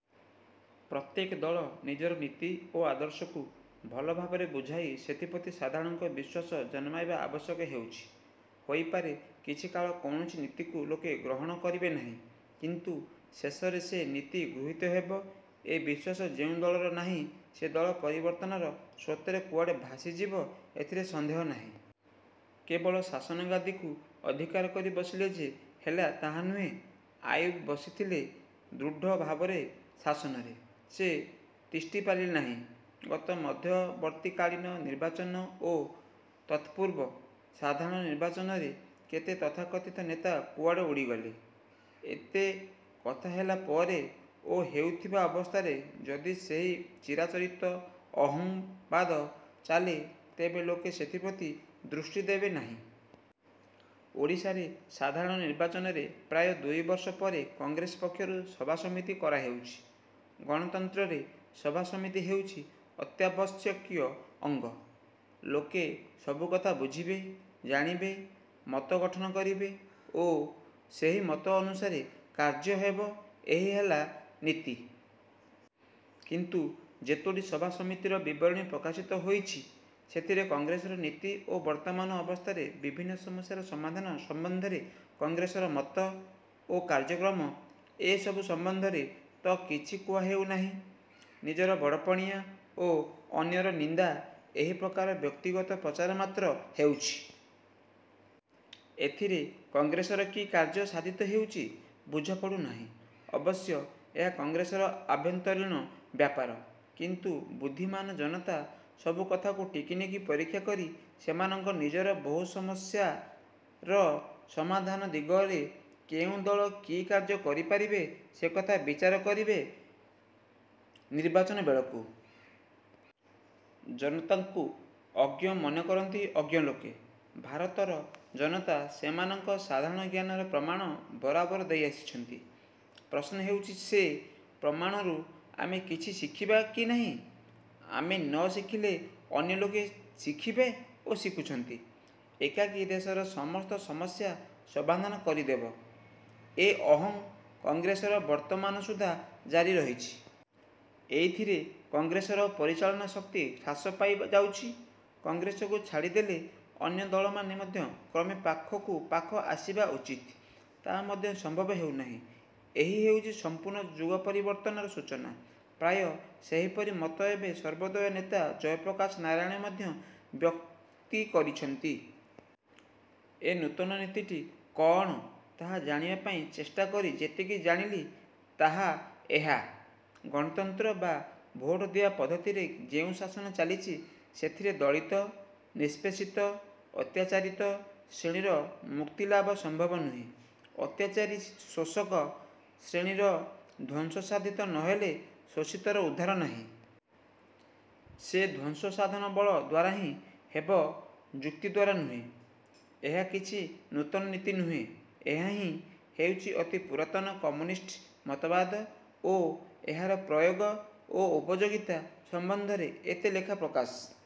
ପ୍ରତ୍ୟେକ ଦଳ ନିଜର ନୀତି ଓ ଆଦର୍ଶକୁ ଭଲ ଭାବରେ ବୁଝାଇ ସେଥିପ୍ରତି ସାଧାରଣଙ୍କର ବିଶ୍ୱାସ ଜନ୍ମାଇବା ଆବଶ୍ୟକ ହେଉଛି। ହୋଇପାରେ କିଛିକାଳ କୌଣସି ନୀତିକୁ ଲୋକେ ଗ୍ରହଣ କରିବେ ନାହିଁ। କିନ୍ତୁ ଶେଷରେ ସେ ନୀତି ଗୃହୀତ ହେବ ଏ ବିଶ୍ୱାସ ଯେଉଁ ଦଳର ନାହିଁ ସେ ଦଳ ପରିବର୍ତ୍ତନର ସ୍ରୋତରେ କୁଆଡ଼େ ଭାସିଯିବ ଏଥିରେ ସନ୍ଦେହ ନାହିଁ। କେବଳ ଶାସନ ଗାଦିକୁ ଅଧିକାର କରି ବସିଲେ ଯେ ହେଲା ତାହା ନୁହେଁ। ଆୟୁବ ବସିଥିଲେ ଦୃଢ ଭାବରେ ଶାସନରେ। ସେ ତିଷ୍ଠି ପାରିଲେ ନାହିଁ। ଗତ ମଧ୍ୟବର୍ତ୍ତୀକାଳୀନ ନିର୍ବାଚନ ଓ ତତ୍ପୂର୍ବ ସାଧାରଣ ନିର୍ବାଚନରେ କେତେ ତଥାକଥିତ ନେତା କୁଆଡ଼େ ଉଡ଼ିଗଲେ-। ଏତେ କଥା ହେଲା ପରେ ଓ ହେଉଥିବା ଅବସ୍ଥାରେ ଯଦି ସେହି ଚିରାଚରିତ 'ଅହଂ' ବାଦ ଚାଲେ ତେବେ ଲୋକେ ସେଥିପ୍ରତି ଦୃଷ୍ଟି ଦେବେ ନାହିଁ। ଓଡ଼ିଶାରେ ସାଧାରଣ ନିର୍ବାଚନରେ ପ୍ରାୟ ଦୁଇବର୍ଷ ପରେ କଂଗ୍ରେସ ପକ୍ଷରୁ ସଭାସମିତି କରାହେଉଛି। ଗଣତନ୍ତ୍ରରେ ସଭା ସମିତି ହେଉଛି ଅତ୍ୟାବଶ୍ୟକୀୟ ଅଙ୍ଗ। ଲୋକେ ସବୁ କଥା ବୁଝିବେ, ଜାଣିବେ, ମତ ଗଠନ କରିବେ ଓ ସେହି ମତ ଅନୁସାରେ କାର୍ଯ୍ୟ ହେବ ଏହି ହେଲା ନୀତି। କିନ୍ତୁ ଯେତୋଟି ସଭା ସମିତିର ବିବରଣୀ ପ୍ରକାଶିତ ହୋଇଛି ସେଥିରେ କଂଗ୍ରେସର ନୀତି ଓ ବର୍ତ୍ତମାନ ଅବସ୍ଥାରେ ବିଭିନ୍ନ ସମସ୍ୟାର ସମାଧାନ ସମ୍ବନ୍ଧରେ କଂଗ୍ରେସର ମତ ଓ କାର୍ଯ୍ୟକ୍ରମ ଏସବୁ ସମ୍ବନ୍ଧରେ ତ କିଛି କୁହା ହେଉନାହିଁ-। ନିଜର ବଡ଼ପଣିଆ ଓ ଅନ୍ୟର ନିନ୍ଦା ଏହି ପ୍ରକାର ବ୍ୟକ୍ତିଗତ ପ୍ରଚାର ମାତ୍ର ହେଉଛି-। ଏଥିରେ କଂଗ୍ରେସର କି କାର୍ଯ୍ୟ ସାଧିତ ହେଉଛି ବୁଝାପଡ଼ୁ ନାହିଁ। ଅବଶ୍ୟ ଏହା କଂଗ୍ରେସର ଆଭ୍ୟନ୍ତରୀଣ ବ୍ୟାପାର। କିନ୍ତୁ ବୁଦ୍ଧିମାନ ଜନତା ସବୁ କଥାକୁ ଟିକିନିଖି ପରୀକ୍ଷା କରି ସେମାନଙ୍କ ନିଜର ବହୁ ସମସ୍ୟାର ସମାଧାନ ଦିଗରେ କେଉଁ ଦଳ କି କାର୍ଯ୍ୟ କରିପାରିବେ ସେ କଥା ବିଚାର କରିବେ ନିର୍ବାଚନ ବେଳକୁ। ଜନତାକୁ ଅଜ୍ଞ ମନେକରନ୍ତି ଅଜ୍ଞ ଲୋକେ, ଭାରତର ଜନତା ସେମାନଙ୍କ ସାଧାରଣ ଜ୍ଞାନର ପ୍ରମାଣ ବରାବର ଦେଇ ଆସିଛନ୍ତି। ପ୍ରଶ୍ନ ହେଉଛି ସେ ପ୍ରମାଣରୁ ଆମେ କିଛି ଶିଖିବା କି ନାହିଁ? ଆମେ ନ ଶିଖିଲେ ଅନ୍ୟ ଲୋକେ ଶିଖିବେ ଓ ଶିଖୁଛନ୍ତି। ଏକାକୀ ଦେଶର ସମସ୍ତ ସମସ୍ୟା ସମାଧାନ କରିଦେବ, ଏ 'ଅହଂ' କଂଗ୍ରେସର ବର୍ତ୍ତମାନ ସୁଦ୍ଧା ଜାରି ରହିଛି-। ଏଇଥିରେ କଂଗ୍ରେସର ପରିଚାଳନା ଶକ୍ତି ହ୍ରାସ ପାଇଯାଉଛି। କଂଗ୍ରେସକୁ ଛାଡ଼ିଦେଲେ ଅନ୍ୟ ଦଳମାନେ ମଧ୍ୟ କ୍ରମେ ପାଖକୁ ପାଖ ଆସିବା ଉଚିତ। ତା ମଧ୍ୟ ସମ୍ଭବ ହେଉ ନାହିଁ। ଏହି ହେଉଛି ସମ୍ପୂର୍ଣ୍ଣ ଯୁଗପରିବର୍ତ୍ତନର ସୂଚନା। ପ୍ରାୟ ସେହିପରି ମତ ଏବେ ସର୍ବୋଦୟ ନେତା ଜୟପ୍ରକାଶ ନାରାୟଣ ମଧ୍ୟ ବ୍ୟକ୍ତି କରିଛନ୍ତି। ଏ ନୂତନ ନୀତିଟି କଅଣ ତାହା ଜାଣିବା ପାଇଁ ଚେଷ୍ଟା କରି ଯେତିକି ଜାଣିଲି ତାହା ଏହା। ଗଣତନ୍ତ୍ର ବା ଭୋଟଦିଆ ପଦ୍ଧତିରେ ଯେଉଁ ଶାସନ ଚାଲିଛି ସେଥିରେ ଦଳିତ, ନିଷ୍ପେଷିତ, ଅତ୍ୟାଚାରିତ ଶ୍ରେଣୀର ମୁକ୍ତିଲାଭ ସମ୍ଭବ ନୁହେଁ। ଅତ୍ୟାଚାରୀ ଶୋଷକ ଶ୍ରେଣୀର ଧ୍ୱଂସ ସାଧିତ ନ ହେଲେ ଶୋଷିତର ଉଦ୍ଧାର ନାହିଁ। ସେ ଧ୍ୱଂସ ସାଧନ ବଳ ଦ୍ୱାରାହିଁ ହେବ ଯୁକ୍ତି ଦ୍ୱାରା ନୁହେଁ। ଏହା କିଛି ନୂତନ ନୀତି ନୁହେଁ। ଏହାହିଁ ହେଉଛି ଅତି ପୁରାତନ କମ୍ୟୁନିଷ୍ଟ ମତବାଦ ଓ ଏହାର ପ୍ରୟୋଗ ଓ ଉପଯୋଗିତା ସମ୍ବନ୍ଧରେ ଏତେ ଲେଖା ପ୍ରକାଶ